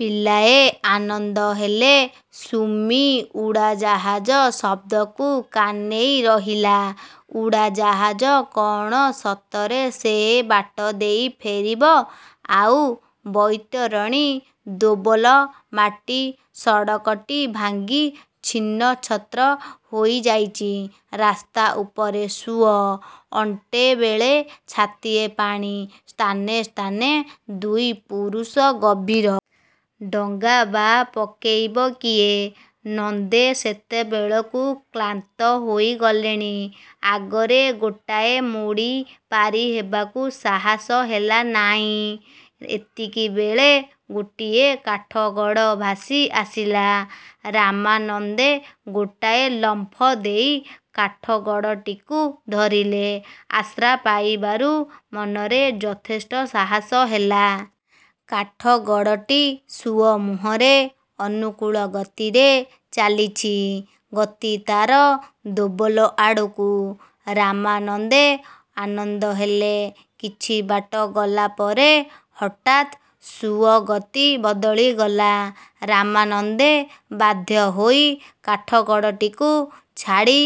ପିଲାଏ ଆନନ୍ଦ ହେଲେ। ସୁମି ଉଡ଼ାଜାହାଜ ଶବ୍ଦକୁ କାନେଇ ରହିଲା। ଉଡ଼ାଜାହାଜ କଣ ସତରେ ସେ ବାଟ ଦେଇ ଫେରିବ ଆଉ। ବୈତରଣୀ-ଦୋବଲ ମାଟି ସଡ଼କଟି ଭାଙ୍ଗି ଛିନ୍ନ ଛତ୍ର ହୋଇଯାଇଚି। ରାସ୍ତା ଉପରେ ସୁଅ, ଅଣ୍ଟେ ବେଳେ-ଛାତିଏ ପାଣି। ସ୍ଥାନେ ସ୍ଥାନେ ଦୁଇ ପୁରୁଷ ଗଭୀର। ଡଙ୍ଗା ବା ପକେଇବ କିଏ। ନନ୍ଦେ ସେତେବେଳକୁ କ୍ଳାନ୍ତ ହୋଇଗଲେଣି। ଆଗରେ ଗୋଟାଏ ମୋଡ଼ି' ପାରି ହେବାକୁ ସାହସ ହେଲା ନାଇଁ। ଏତିକିବେଳେ ଗୋଟିଏ କାଠଗଡ଼ ଭାସି ଆସିଲା। ରାମାନନ୍ଦେ ଗୋଟାଏ ଲମ୍ଫ ଦେଇ କାଠଗଡ଼ଟିକୁ ଧରିଲେ। ଆଶ୍ରା ପାଇବାରୁ ମନରେ ଯଥେଷ୍ଟ ସାହସ ହେଲା। କାଠ ଗଡ଼ଟି ସୁଅ ମୁହଁରେ ଅନୁକୂଳ ଗତିରେ ଚାଲିଛି। ଗତି ତାର ଦୋବଲ ଆଡ଼କୁ। ରାମାନନ୍ଦେ ଆନନ୍ଦ ହେଲେ। କିଛି ବାଟ ଗଲା ପରେ ହଠାତ୍ ସୁଅ ଗତି ବଦଳି ଗଲା-ରାମାନନ୍ଦେ ବାଧ୍ୟ ହୋଇ କାଠ ଗଡ଼ଟିକୁ ଛାଡ଼ି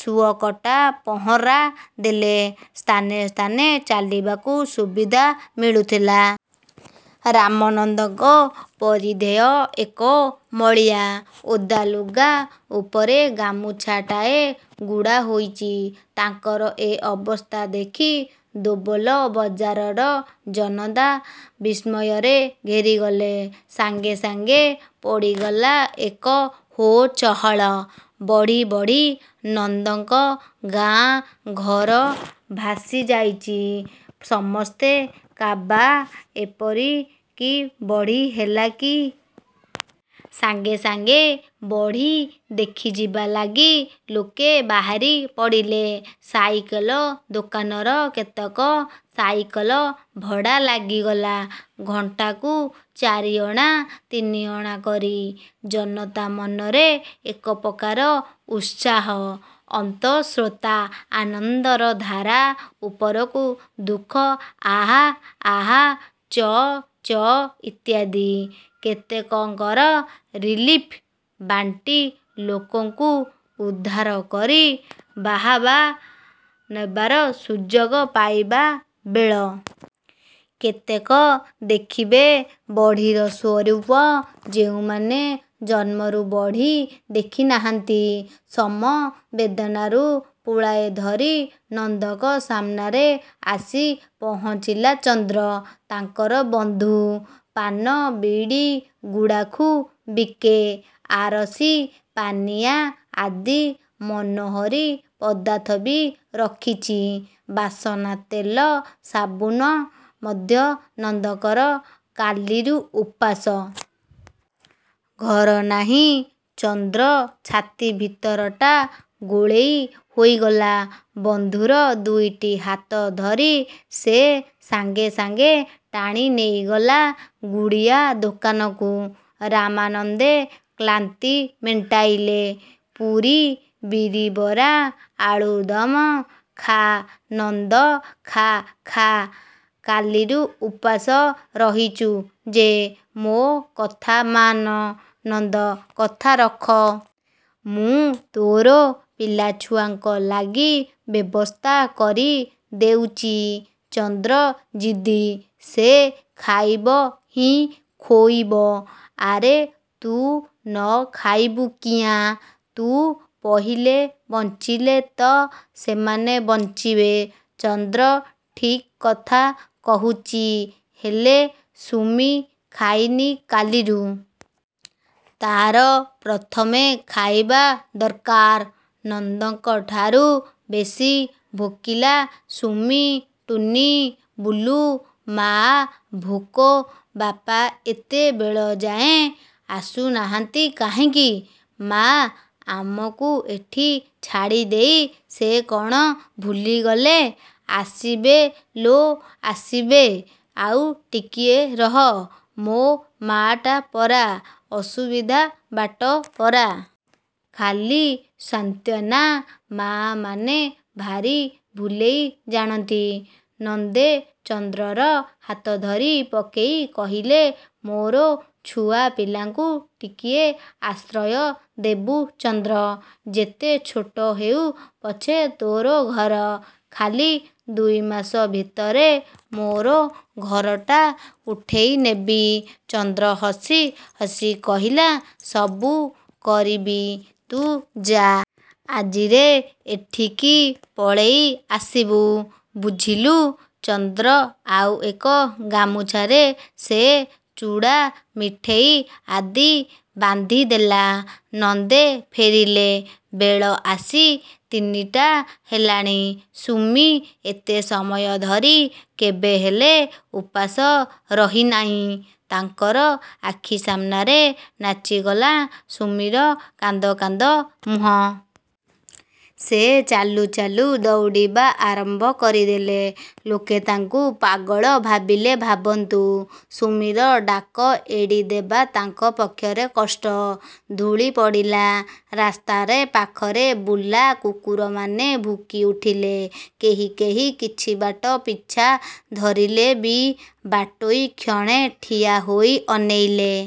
ସୁଅ କଟା ପହଁରା ଦେଲେ। ସ୍ଥାନେ ସ୍ଥାନେ ଚାଲିବାକୁ ସୁବିଧା ମିଳୁଥାଏ। ରାମନନ୍ଦଙ୍କ ପରିଧେୟ ଏକ ମଳିଆ, ଓଦା ଲୁଗା। ଉପରେ ଗାମୁଛାଟାଏ ଗୁଡ଼ା ହୋଇଚି। ତାଙ୍କର ଏ ଅବସ୍ଥା ଦେଖି ଦୋବଲ ବଜାରର ଜନତା ବିସ୍ମୟରେ ଘେରିଗଲେ। ସାଙ୍ଗେ ସାଙ୍ଗେ ପଡ଼ିଗଲା ଏକ 'ହୋ' ଚହଳ। ବଢ଼ି-ବଢ଼ି-ନନ୍ଦଙ୍କ ଗାଁ, ଘର ଭାସି ଯାଇଚି। ସମସ୍ତେ କାବା-। ଏପରି କି ବଢ଼ି ହେଲା କି? ସାଙ୍ଗେ ସାଙ୍ଗେ ବଢ଼ି ଦେଖିଯିବା ଲାଗି ଲୋକେ ବାହାରି ପଡ଼ିଲେ। ସାଇକେଲ ଦୋକାନର କେତେକ ସାଇକେଲ ଭଡ଼ା ଲାଗିଗଲା। ଘଣ୍ଟାକୁ ଚାରିଅଣା-ତିନିଅଣା କରି। ଜନତା ମନରେ ଏକପ୍ରକାର ଉତ୍ସାହ ଅର୍ନ୍ତସ୍ରୋତା ଆନନ୍ଦର ଧାରା ଉପରକୁ ଦୁଃଖ-ଆହା, ଆହା, ଚ ଚ ଇତ୍ୟାଦି। କେତେକଙ୍କର ରିଲିଫ୍ ବାଣ୍ଟି ଲୋକଙ୍କୁ ଉଦ୍ଧାର କରି ବାହାବା ନେବାର ସୁଯୋଗ ପାଇବା ବେଳ। କେତେକ ଦେଖିବେ ବଢ଼ିର ସ୍ୱରୂପ- ଯେଉଁମାନେ ଜନ୍ମରୁ ବଢ଼ି ଦେଖି ନାହାନ୍ତି। ସମବେଦନାରୁ ପୁଳାଏ ଧରି ନନ୍ଦଙ୍କ ସାମ୍ନାରେ ଆସି ପହଞ୍ଚିଲା ଚନ୍ଦ୍ର। ତାଙ୍କର ବନ୍ଧୁ। ପାନ-ବିଡ଼ି ଗୁଡ଼ାଖୁ ବିକେ। ଆରସୀ-ପାନିଆ ଆଦି ମନୋହରୀ ପଦାର୍ଥ ବି ରଖିଚି। ବାସନା ତେଲ, ସାବୁନ ମଧ୍ୟ। ନନ୍ଦଙ୍କର କାଲିରୁ ଉପାସ। ଘର ନାହିଁ। ଚନ୍ଦ୍ର ଛାତି ଭିତରଟା ଗୋଳେଇ ହୋଇଗଲା। ବନ୍ଧୁର ଦୁଇଟି ହାତ ଧରି ସେ ସାଙ୍ଗେ ସାଙ୍ଗେ ଟାଣି ନେଇଗଲା ଗୁଡ଼ିଆ ଦୋକାନକୁ, ରାମାନନ୍ଦେ କ୍ଳାନ୍ତି ମେଣ୍ଟାଇଲେ। ପୁରୀ-ବିରିବରା-ଆଳୁଦମ୍। ''-ଖା ନନ୍ଦ, ଖା-ଖା, କାଲିରୁ ଉପାସ ରହିଚୁ ଯେ-। ମୋ କଥାମାନ ନନ୍ଦ, କଥା ରଖ। ମୁଁ ତୋର ପିଲା ଛୁଆଙ୍କ ଲାଗି ବ୍ୟବସ୍ଥା କରି ଦେଉଚି। '' ଚନ୍ଦ୍ର ଜିଦ୍ଦି,-ସେ ଖାଇବହିଁ ଖୋଇବ। ଆରେ ତୁ ନ ଖାଇବୁ କିଆଁ? '' ତୁ ପହିଲେ ବଞ୍ଚିଲେ ତ ସେମାନେ ବଞ୍ଚିବେ। ଚନ୍ଦ୍ର ଠିକ୍ କଥା କହୁଚି। ହେଲେ, ସୁମି ଖାଇନି କାଲିରୁ। ତାର ପ୍ରଥମେ ଖାଇବା ଦର୍କାର-। ନନ୍ଦଙ୍କଠାରୁ ବେଶି ଭୋକିଲା ସୁମି-ଟୁନୀ-ବୁଲୁ। ମା' ଭୋକ। ବାପା ଏତେବେଳଯାଏଁ ଆସୁନାହାନ୍ତି କାହିଁକି ମା? ଆମକୁ ଏଠି ଛାଡ଼ିଦେଇ ସେ କଣ ଭୁଲିଗଲେ। ଆସିବେ ଲୋ ଆସିବେ। ଆଉ ଟିକେ ରହ। ମୋ ମା'ଟା ପରା। ଅସୁବିଧା ବାଟ ପରା। ଖାଲି ସାନ୍ତ୍ୱନା। ମା' ମାନେ ଭାରି ଭୁଲେଇ ଜାଣନ୍ତି। ନନ୍ଦେ ଚନ୍ଦ୍ରର ହାତ ଧରି ପକେଇ କହିଲେ-ମୋର ଛୁଆ ପିଲାଙ୍କୁ ଟିକିଏ ଆଶ୍ରୟ ଦେବୁ ଚନ୍ଦ୍ର। ଯେତେ ଛୋଟ ହେଉ ପଛେ ତୋର ଘର। ଖାଲି ଦୁଇମାସ ଭିତରେ ମୋର ଘରଟା ଉଠେଇ ନେବି। ଚନ୍ଦ୍ର ହସି ହସି କହିଲା-ସବୁ କରିବି ତୁ ଯା। ଆଜିରେ ଏଠିକି ପଳେଇ ଆସିବୁ। ବୁଝିଲୁ। ଚନ୍ଦ୍ର ଆଉ ଏକ ଗାମୁଛାରେ ସେ ଚୁଡ଼ା-ମିଠେଇ ଆଦି ବାନ୍ଧିଦେଲା। ନନ୍ଦେ ଫେରିଲେ। ବେଳ ଆସି ତିନିଟା ହେଲାଣି। ସୁମି ଏତେ ସମୟ ଧରି କେବେ ହେଲେ ଉପାସ ରହିନାଇଁ। ତାଙ୍କର ଆଖି ସାମ୍ନାରେ ନାଚିଗଲା ସୁମିର କାନ୍ଦ କାନ୍ଦ ମୁହଁ। ସେ ଚାଲୁ ଚାଲୁ ଦଉଡ଼ିବା। ଆରମ୍ଭ କରିଦେଲେ। ଲୋକେ ତାଙ୍କୁ ପାଗଳ ଭାବିଲେ ଭାବନ୍ତୁ। ସୁମିର ଡାକ ଏଡ଼ିଦେବା ତାଙ୍କ ପକ୍ଷରେ କଷ୍ଟ। ଧୂଳି ପଡ଼ିଲା। ରାସ୍ତା ପାଖରେ ବୁଲା କୁକୁରମାନେ ଭୁକି ଉଠିଲେ -କେହି କେହି କିଛିବାଟ ପିଛା ଧରିଲେ ବି। ବାଟୋଇ କ୍ଷଣେ ଠିଆ ହୋଇ ଅନେଇଲେ।